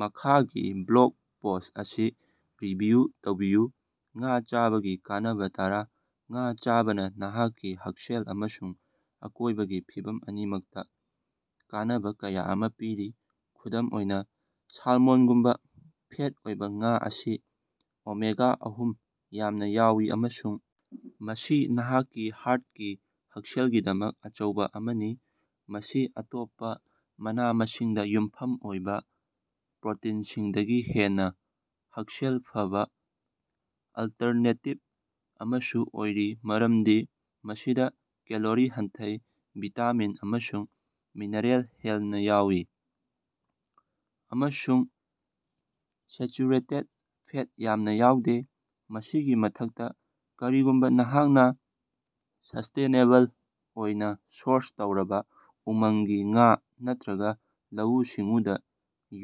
ꯃꯈꯥꯒꯤ blog post ꯑꯁꯤ review ꯇꯧꯕꯤꯌꯨ꯫ ꯉꯥ ꯆꯥꯕꯒꯤ ꯀꯥꯟꯅꯕ ꯇꯔꯥ: ꯉꯥ ꯆꯥꯕꯅ ꯅꯍꯥꯛꯀꯤ ꯍꯛꯁꯦꯜ ꯑꯃꯁꯨꯡ ꯑꯀꯣꯏꯕꯒꯤ ꯐꯤꯚꯝ ꯑꯅꯤꯃꯛꯇ ꯀꯥꯟꯅꯕ ꯀꯌꯥ ꯑꯃ ꯄꯤꯔꯤ꯫ ꯈꯨꯗꯝ ꯑꯣꯏꯅ, ꯁꯥꯜꯃꯣꯟꯒꯨꯝꯕ ꯐꯦꯠ ꯑꯣꯏꯕ ꯉꯥ ꯑꯁꯤ ꯑꯣꯃꯦꯒꯥ-ꯑꯍꯨꯝ ꯌꯥꯝꯅ ꯌꯥꯎꯏ ꯑꯃꯁꯨꯡ ꯃꯁꯤ ꯅꯍꯥꯛꯀꯤ ꯍꯥꯔꯠꯀꯤ ꯍꯛꯁꯦꯜꯒꯤꯗꯃꯛ ꯑꯆꯧꯕ ꯑꯃꯅꯤ꯫ ꯃꯁꯤ ꯑꯇꯣꯞꯄ ꯃꯅꯥ-ꯃꯁꯤꯡꯗꯥ ꯌꯨꯝꯐꯝ ꯑꯣꯏꯕ ꯄ꯭ꯔꯣꯇꯤꯟꯁꯤꯡꯗꯒꯤ ꯍꯦꯟꯅ ꯍꯛꯁꯦꯜ ꯐꯕꯥ ꯑꯜꯇꯔꯅꯦꯇꯤꯚ ꯑꯃꯁꯨ ꯑꯣꯏꯔꯤ ꯃꯔꯝꯗꯤ ꯃꯁꯤꯗ ꯀꯦꯂꯣꯔꯤ ꯍꯟꯊꯩ, ꯚꯤꯇꯥꯃꯤꯟ ꯑꯃꯁꯨꯡ ꯃꯤꯅꯔꯦꯜ ꯍꯦꯟꯅ ꯌꯥꯎꯏ, ꯑꯃꯁꯨꯡ ꯁꯦꯆꯨꯔꯦꯇꯦꯠ ꯐꯦꯠ ꯌꯥꯝꯅ ꯌꯥꯎꯗꯦ꯫ ꯃꯁꯤꯒꯤ ꯃꯊꯛꯇ, ꯀꯔꯤꯒꯨꯝꯕ ꯅꯍꯥꯛꯅ ꯁꯁ꯭ꯇꯦꯅꯦꯕꯜ ꯑꯣꯏꯅ ꯁꯣꯔꯁ ꯇꯧꯔꯕ ꯎꯃꯪꯒꯤ ꯉꯥ ꯅꯠꯇ꯭ꯔꯒ ꯂꯧꯎ-ꯁꯤꯡꯎꯗꯥ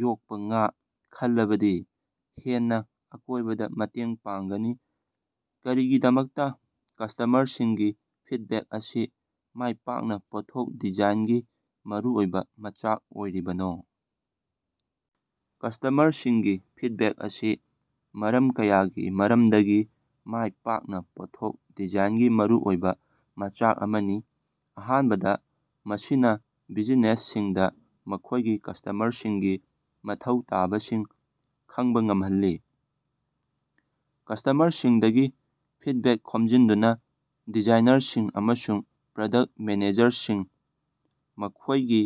ꯌꯣꯛꯄ ꯉꯥ ꯈꯜꯂꯕꯗꯤ ꯍꯦꯟꯅ ꯑꯀꯣꯏꯕꯗ ꯃꯇꯦꯡ ꯄꯥꯡꯒꯅꯤ꯫ ꯀꯔꯤꯒꯤꯗꯃꯛꯇꯥ ꯀꯁꯇꯃꯔꯁꯤꯡꯒꯤ ꯐꯤꯠꯕꯦꯛ ꯑꯁꯤ ꯃꯥꯏꯄꯥꯛꯅ ꯄꯣꯠꯊꯣꯛ ꯗꯤꯖꯥꯏꯟꯒꯤ ꯃꯔꯨꯑꯣꯏꯕ ꯃꯆꯥꯛ ꯑꯣꯏꯔꯤꯕꯅꯣ? ꯀꯁꯇꯃꯔꯁꯤꯡꯒꯤ ꯐꯤꯠꯕꯦꯛ ꯑꯁꯤ ꯃꯔꯝ ꯀꯌꯥꯒꯤ ꯃꯔꯝꯗꯒꯤ ꯃꯥꯏ ꯄꯥꯛꯅ ꯄꯣꯠꯊꯣꯛ ꯗꯤꯖꯥꯏꯟꯒꯤ ꯃꯔꯨꯑꯣꯏꯕ ꯃꯆꯥꯛ ꯑꯃꯅꯤ꯫ ꯑꯍꯥꯟꯕꯗ, ꯃꯁꯤꯅ ꯕꯤꯖꯤꯅꯦꯁꯁꯤꯡꯗ ꯃꯈꯣꯏꯒꯤ ꯀꯁꯇꯃꯔꯁꯤꯡꯒꯤ ꯃꯊꯧ ꯇꯥꯕꯁꯤꯡ ꯈꯪꯕ ꯉꯝꯍꯜꯂꯤ꯫ ꯀꯁꯇꯃꯔꯁꯤꯡꯗꯒꯤ ꯐꯤꯠꯕꯦꯛ ꯈꯣꯝꯖꯤꯟꯗꯨꯅ, ꯗꯤꯖꯥꯏꯅꯔꯁꯤꯡ ꯑꯃꯁꯨꯡ ꯄ꯭ꯔꯗꯛ ꯃꯦꯅꯦꯖꯔꯁꯤꯡꯅ ꯃꯈꯣꯏꯒꯤ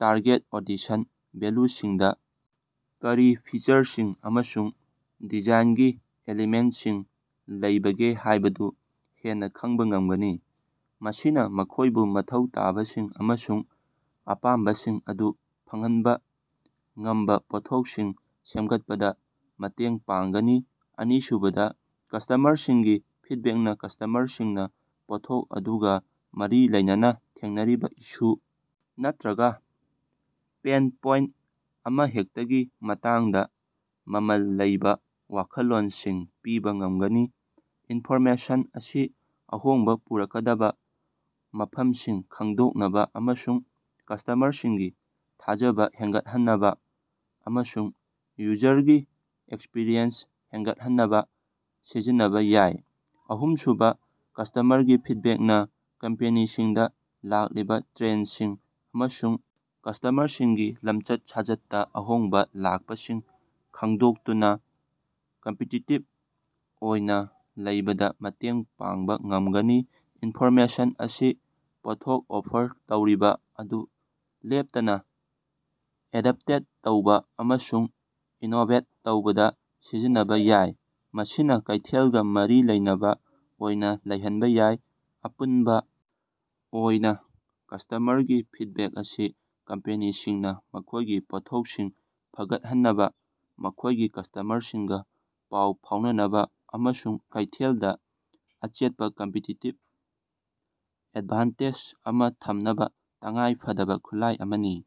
ꯇꯥꯔꯒꯦꯠ ꯑꯣꯗꯤꯁꯟ ꯚꯦꯜꯂꯨꯁꯤꯡꯗ ꯀꯔꯤ ꯐꯤꯆꯔꯁꯤꯡ ꯑꯃꯁꯨꯡ ꯗꯤꯖꯥꯏꯟꯒꯤ ꯑꯦꯂꯤꯃꯦꯟꯠꯁꯤꯡ ꯂꯩꯕꯒꯦ ꯍꯥꯏꯕꯗꯨ ꯍꯦꯟꯅ ꯈꯪꯕ ꯉꯝꯒꯅꯤ, ꯃꯁꯤꯅ ꯃꯈꯣꯏꯕꯨ ꯃꯊꯧ ꯇꯥꯕꯁꯤꯡ ꯑꯃꯁꯨꯡ ꯑꯄꯥꯝꯕꯁꯤꯡ ꯑꯗꯨ ꯐꯪꯍꯟꯕ ꯉꯝꯕ ꯄꯣꯠꯊꯣꯛꯁꯤꯡ ꯁꯦꯝꯒꯠꯄꯗ ꯃꯇꯦꯡ ꯄꯥꯡꯒꯅꯤ꯫ ꯑꯅꯤꯁꯨꯕꯗ, ꯀꯁꯇꯃꯔꯁꯤꯡꯒꯤ ꯐꯤꯠꯕꯦꯛꯅ ꯀꯁꯇꯃꯔꯁꯤꯡꯅꯥ ꯄꯣꯠꯊꯣꯛ ꯑꯗꯨꯒ ꯃꯔꯤ ꯂꯩꯅꯅꯥ ꯊꯦꯡꯅꯔꯤꯕ ꯏꯁꯨ ꯅꯠꯇ꯭ꯔꯒ ꯄꯦꯟ ꯄꯣꯏꯟꯠ ꯑꯃꯍꯦꯛꯇꯒꯤ ꯃꯇꯥꯡꯗ ꯃꯃꯜ ꯂꯩꯕ ꯋꯥꯈꯜꯂꯣꯟꯁꯤꯡ ꯄꯤꯕ ꯉꯝꯒꯅꯤ꯫ ꯏꯟꯐꯣꯔꯃꯦꯁꯟ ꯑꯁꯤ ꯑꯍꯣꯡꯕ ꯄꯨꯔꯛꯀꯗꯕꯥ ꯃꯐꯝꯁꯤꯡ ꯈꯪꯗꯣꯛꯅꯕ ꯑꯃꯁꯨꯡ ꯀꯁꯇꯃꯔꯁꯤꯡꯒꯤ ꯊꯥꯖꯕ ꯍꯦꯟꯒꯠꯍꯟꯅꯕ ꯑꯃꯁꯨꯡ ꯌꯨꯖꯔꯒꯤ ꯑꯦꯛꯁꯄꯤꯔꯤꯌꯦꯟꯁ ꯍꯦꯟꯒꯠꯍꯟꯅꯕ ꯁꯤꯖꯤꯟꯅꯕ ꯌꯥꯏ꯫ ꯑꯍꯨꯝꯁꯨꯕ, ꯀꯁꯇꯃꯔꯒꯤ ꯐꯤꯠꯕꯦꯛꯅ ꯀꯝꯄꯦꯅꯤꯁꯤꯡꯗ ꯂꯥꯛꯂꯤꯕ ꯇ꯭ꯔꯦꯟꯁꯤꯡ ꯑꯃꯁꯨꯡ ꯀꯁꯇꯃꯔꯁꯤꯡꯒꯤ ꯂꯝꯆꯠ-ꯁꯥꯖꯠꯇꯥ ꯑꯍꯣꯡꯕ ꯂꯥꯛꯄꯁꯤꯡ ꯈꯪꯗꯣꯛꯇꯨꯅꯥ ꯀꯝꯄꯤꯇꯤꯇꯤꯚ ꯑꯣꯏꯅ ꯂꯩꯕꯗꯥ ꯃꯇꯦꯡ ꯄꯥꯡꯕ ꯉꯝꯒꯅꯤ꯫ ꯏꯟꯐꯣꯔꯃꯦꯁꯟ ꯑꯁꯤ ꯄꯣꯠꯊꯣꯛ ꯑꯣꯐꯔ ꯇꯧꯔꯤꯕ ꯑꯗꯨ ꯂꯦꯞꯇꯅꯥ ꯑꯦꯗꯞꯇꯦꯠ ꯇꯧꯕ ꯑꯃꯁꯨꯡ ꯏꯅꯣꯚꯦꯠ ꯇꯧꯕꯗ ꯁꯤꯖꯤꯟꯅꯕ ꯌꯥꯏ, ꯃꯁꯤꯅ ꯀꯩꯊꯦꯜꯒꯥ ꯃꯔꯤ ꯂꯩꯅꯕ ꯑꯣꯏꯅ ꯂꯩꯍꯟꯕ ꯌꯥꯏ꯫ ꯑꯄꯨꯟꯕ ꯑꯣꯏꯅ, ꯀꯁꯇꯃꯔꯒꯤ ꯐꯤꯠꯕꯦꯛ ꯑꯁꯤ ꯀꯝꯄꯦꯅꯤꯁꯤꯡꯅꯥ ꯃꯈꯣꯏꯒꯤ ꯄꯣꯠꯊꯣꯛꯁꯤꯡ ꯐꯒꯠꯍꯟꯅꯕ, ꯃꯈꯣꯏꯒꯤ ꯀꯁꯇꯃꯔꯁꯤꯡꯒꯥ ꯄꯥꯎ ꯐꯥꯎꯅꯅꯕꯥ ꯑꯃꯁꯨꯡ ꯀꯩꯊꯦꯜꯗꯥ ꯑꯆꯦꯠꯄꯥ ꯀꯝꯄꯤꯇꯤꯇꯤꯚ ꯑꯦꯠꯚꯥꯟꯇꯦꯖ ꯑꯃ ꯊꯝꯅꯕ ꯇꯉꯥꯏ ꯐꯗꯕꯥ ꯈꯨꯠꯂꯥꯏ ꯑꯃꯅꯤ꯫